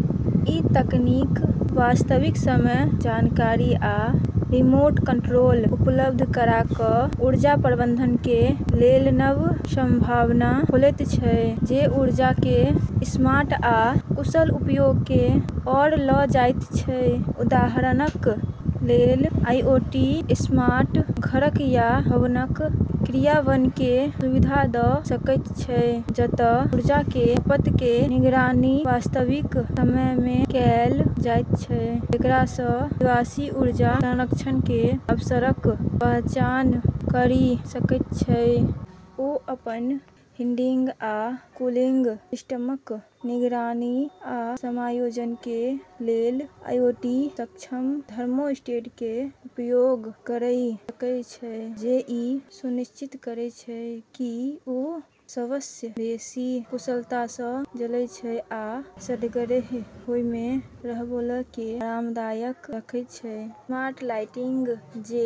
ई तकनीक वास्तविक समय जानकारी आ रिमोट कंट्रोल उपलब्ध करा क' ऊर्जा प्रबंधनके लेल नव संभावना खोलैत छै, जे ऊर्जाके स्मार्ट आ कुशल उपयोगके ओर ल' जाइत छै। उदाहरणक लेल, आईओटी "स्मार्ट" घरक या भवनक क्रियान्वयनके सुविधा द' सकय छै, जत' ऊर्जाके खपतके निगरानी वास्तविक समयमे कैल जाइत छै, जेकरासँ निवासी ऊर्जा संरक्षणके अवसरक पहचान करि सकय छै । ओ अपन हीटिंग आ कूलिंग सिस्टमक निगरानी आ समायोजनके लेल आईओटी-सक्षम थर्मोस्टेटके उपयोग करि सकय छै, जे ई सुनिश्चित करैत छै कि ओ सबसँ बेशी कुशलतासँ चलैत छै आ सङ्गहेँ ओइमे रहैबलाके आरामदायक रखैत छै । स्मार्ट लाइटिंग, जे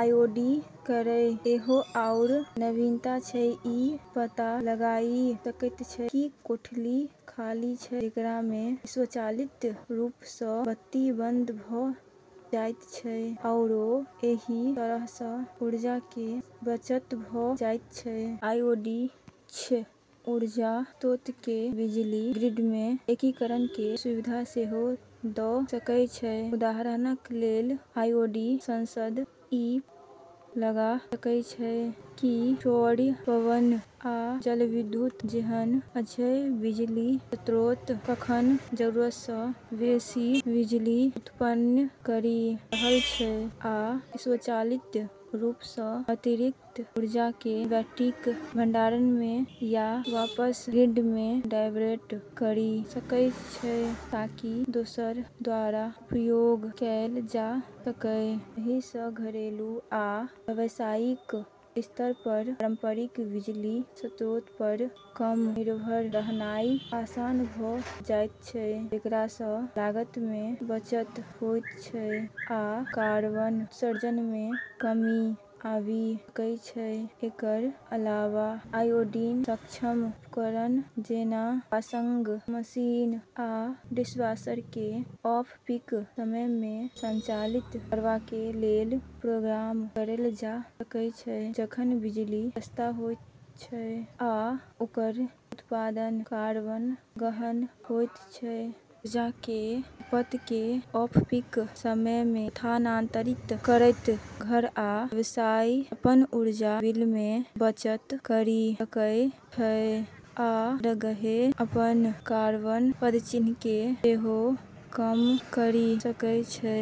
आईओटी केर एगो आओर नवीनता छै, ई पता लगाइ सकै छै कि कोठली खाली छै, जेकरासँ स्वचालित रूपसँ बत्ती बंद भ' जाइत छै, आओर एहि तरहसँ ऊर्जाके बचत भ' जाइत छै। आईओटी अक्षय ऊर्जा स्रोतके बिजली ग्रिडमे एकीकरणके सुविधा सेहो द' सकय छै । उदाहरणक लेल, आईओटी सेंसर ई पता लगा सकय छै कि सौर, पवन, आ जलविद्युत जेहन अक्षय बिजली स्रोत कखन जरूरतसँ बेशी बिजली उत्पन्न करि रहल छै, आ स्वचालित रूपसँ अतिरिक्त ऊर्जाके बैटरी भंडारणमे या वापस ग्रिडमे डायवर्ट करि सकय छै ताकि दोसर द्वारा उपयोग कैल जा सकय । एहिसँ घरिलु आ व्यावसायिक स्तर पर पारंपरिक बिजली स्रोत पर कम निर्भर रहनाइ आसान भ' जाइत छै, जेकरासँ लागतमे बचत होइत छै आ कार्बन उत्सर्जनमे कमी आबि सकय छै। एकर अलावा, आईओटी-सक्षम उपकरण जेना वाशिंग मशीन आ डिशवॉशरके ऑफ-पीक समयमे संचालित करबाके लेल प्रोग्राम कैल जा सकय छै, जखन बिजली सस्ता होइत छै, आ ओकर उत्पादन कार्बन-गहन होइत छै। ऊर्जाके खपतके ऑफ-पीक समयमे स्थानांतरित करैत घर आ व्यवसाय अपन ऊर्जा बिलमे बचत करि सकय छै आ सङ्गहेँ अपन कार्बन पदचिह्नके सेहो कम करि सकय छै।